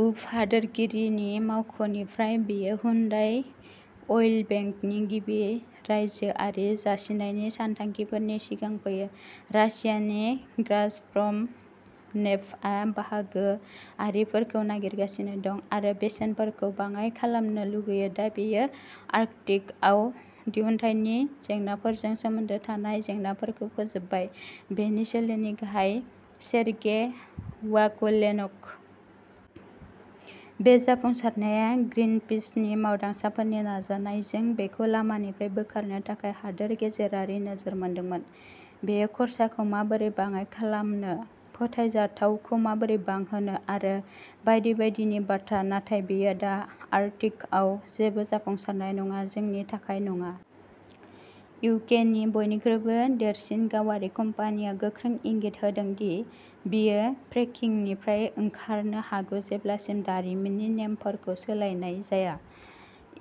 उप हादोरगिरिनि मावख'निफ्राय बेयो हुन्डाइ अइलबेंकनि गिबि रायजोआरि जासिनायनि सानथांखिफोरनि सिगां फैयो। रासियानि गाजप्रम नेफ्टआ बाहागोआरिफोरखौ नागिरगासिनो दं आरो बेसेनफोरखौ बाङाय खालामनो लुगैयो दा बेयो आर्कटिक थाव दिहुन्थायनि जेंनाफोरजों सोमोन्दो थानाय जेंनाफोरखौ फोजोबबाय बेनि सोलोनि गाहाय 'सेरगेइ वाकुलेनक'। बे जाफुंसारनाया ग्रीनपिसनि मावदांसाफोरनि नाजानायजों बेखौ लामानिफ्राय बोखारनो थाखाय हादोर गेजेरारि नोजोर मोनदोंमोन। "बेयो खरसाखौ माबोरै बाङाय खालामनो, फोथायजाथावखौ माबोरै बांहोनो आरो बायदि बायदिनि बाथ्रा, नाथाय बेयो दा आर्कटिकआव जेबो जाफुंसारनाय नङा जोंनि थाखाय नङा। इउकेनि बयनिख्रुइबो देरसिन गावारि कम्पानिया" गोख्रों इंगित "होदों दि बियो फ्रेकिंगनिफ्राय ओंखारनो हागौ जेब्लासिम दारिमिननि नेमफोरखौ सोलायनाय जाया।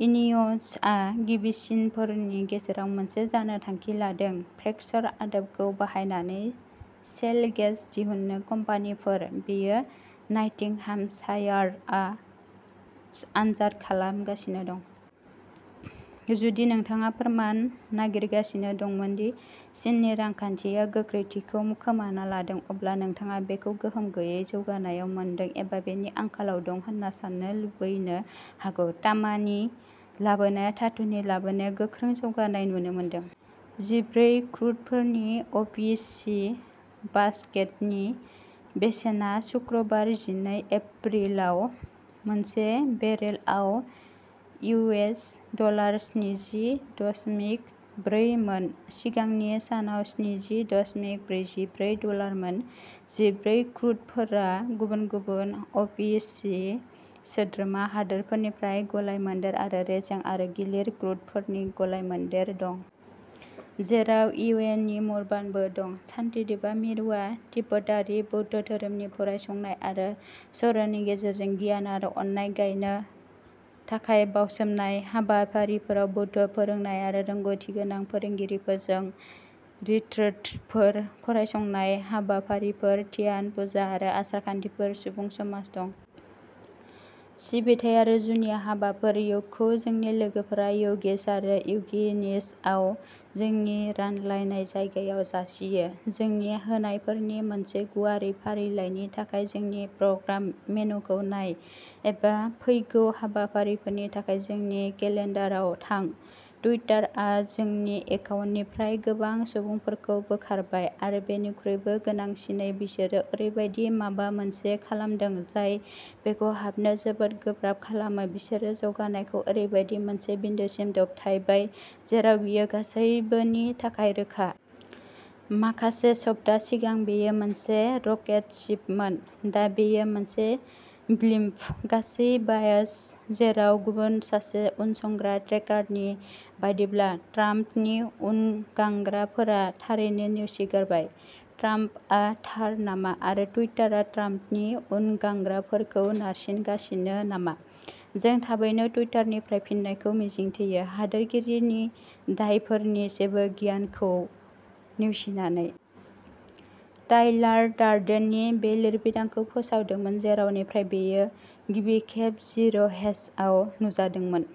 इनिय'सआ गिबिसिनफोरनि गेजेराव मोनसे जानो थांखि लादों। फ्रैक्चर आदबखौ बाहायनानै शेल गेस दिहुननो कम्पानिफोर। बेयो नटिंहामशायारआव आनजाद खालामगासिनो दं। जुदि नोंथाङा फोरमान नागिरगासिनो दंमोन दि चीननि रांखान्थिया गोख्रैथिखौ खोमाना लादों अब्ला नोंथाङा बेखौ गोहोम गैयै जौगानायाव मोनदों एबा बेनि आंखालाव दं होनना साननो लुबैनो हागौ। तामानि लाबोनाया धातुनि लाबोनाया गोख्रों जौगानाय नुनो मोनदों। जिब्रै क्रुडफोरनि अ'पिइसि बास्केटनि बेसेना सुक्रुबार जिनै एप्रिलाव मोनसे बेरेलआव इउएस डलार स्निजि दशमिक ब्रै मोन सिगांनि सानाव स्निजि दशमिक ब्रैजिब्रै डलार मोन। जिब्रै क्रुडफोरा गुबुन गुबुन अ'पिइसि सोद्रोमा हादोरफोरनिफ्राय गलाय-मोनदेर आरो रेजें आरो गिलिर क्रुडफोरनि गलाय-मोनदेर दं। जेराव इउएइनि मुर्बानबो दं। शान्तिदेवा मिरुआ तिब्बतारि बौद्ध धोरोमनि फरायसंनाय आरो सर'नि गेजेरजों गियान आरो अननाय गायनो थाखाय बावसोमनाय। हाबाफारिफोराव बौद्ध फोरोंनाय आरो रोंग'थिगोनां फोरोंगिरिफोरजों रिट्रिटफोर, फरायसंनाय हाबाफारिफोर, ध्यान, पुजा आरो आसार-खान्थिफोर, सुबुं समाज दं। सिबिथाइ आरो जुनिया हाबाफारि। य'गखौ जोंनि लोगोफोरा य'गिस आरो य'गिनिसआव जोंनि रानलायनाय जायगायाव जासियो। जोंनि होनायफोरनि मोनसे गुवारै फारिलाइनि थाखाय जोंनि प्रग्राम मेनुखौ नाय एबा फैगौ हाबाफारिफोरनि थाखाय जोंनि केलेन्डाराव थां। टुइटारआ आंनि एकाउन्टनिफ्राय गोबां सुबुंफोरखौ बोखारबाय आरो बेनिख्रुइबो गोनांसिनै बिसोरो ओरैबायदि माबा मोनसे खालामदों जाय बेखौ हाबनो जोबोद गोब्राब खालामो बिसोरो जौगानायखौ ओरैबायदि मोनसे बिन्दोसिम दबथायबाय जेराव बेयो गासैबोनि थाखाय रोखा। माखासे सप्ता सिगां बेयो मोनसे रकेट शिपमोन दा बेयो मोनसे ब्लिम्प। गासै बायास जेराव गुबुन सासे उनसंग्रा ट्रेकारनि बायदिब्ला ट्राम्पनि उनगांग्राफोरा थारैनो नेवसिगारबाय। ट्राम्पआ थार नामा, आरो टुइटारआ ट्राम्पनि उनगांग्राफोरखौ नारसिगासिनो नामा? जों थाबैनो टुइटारनिफ्राय फिननायखौ मिजिंथियो, हादोरगिरिनि दायफोरनि जेबो गियानखौ नेवसिनानै। टाइलार डार्डेननि बे लिरबिदांखौ फोसावदोंमोन जेरावनिफ्राय बेयो गिबि खेब जिर'हेजआव नुजादोंमोन।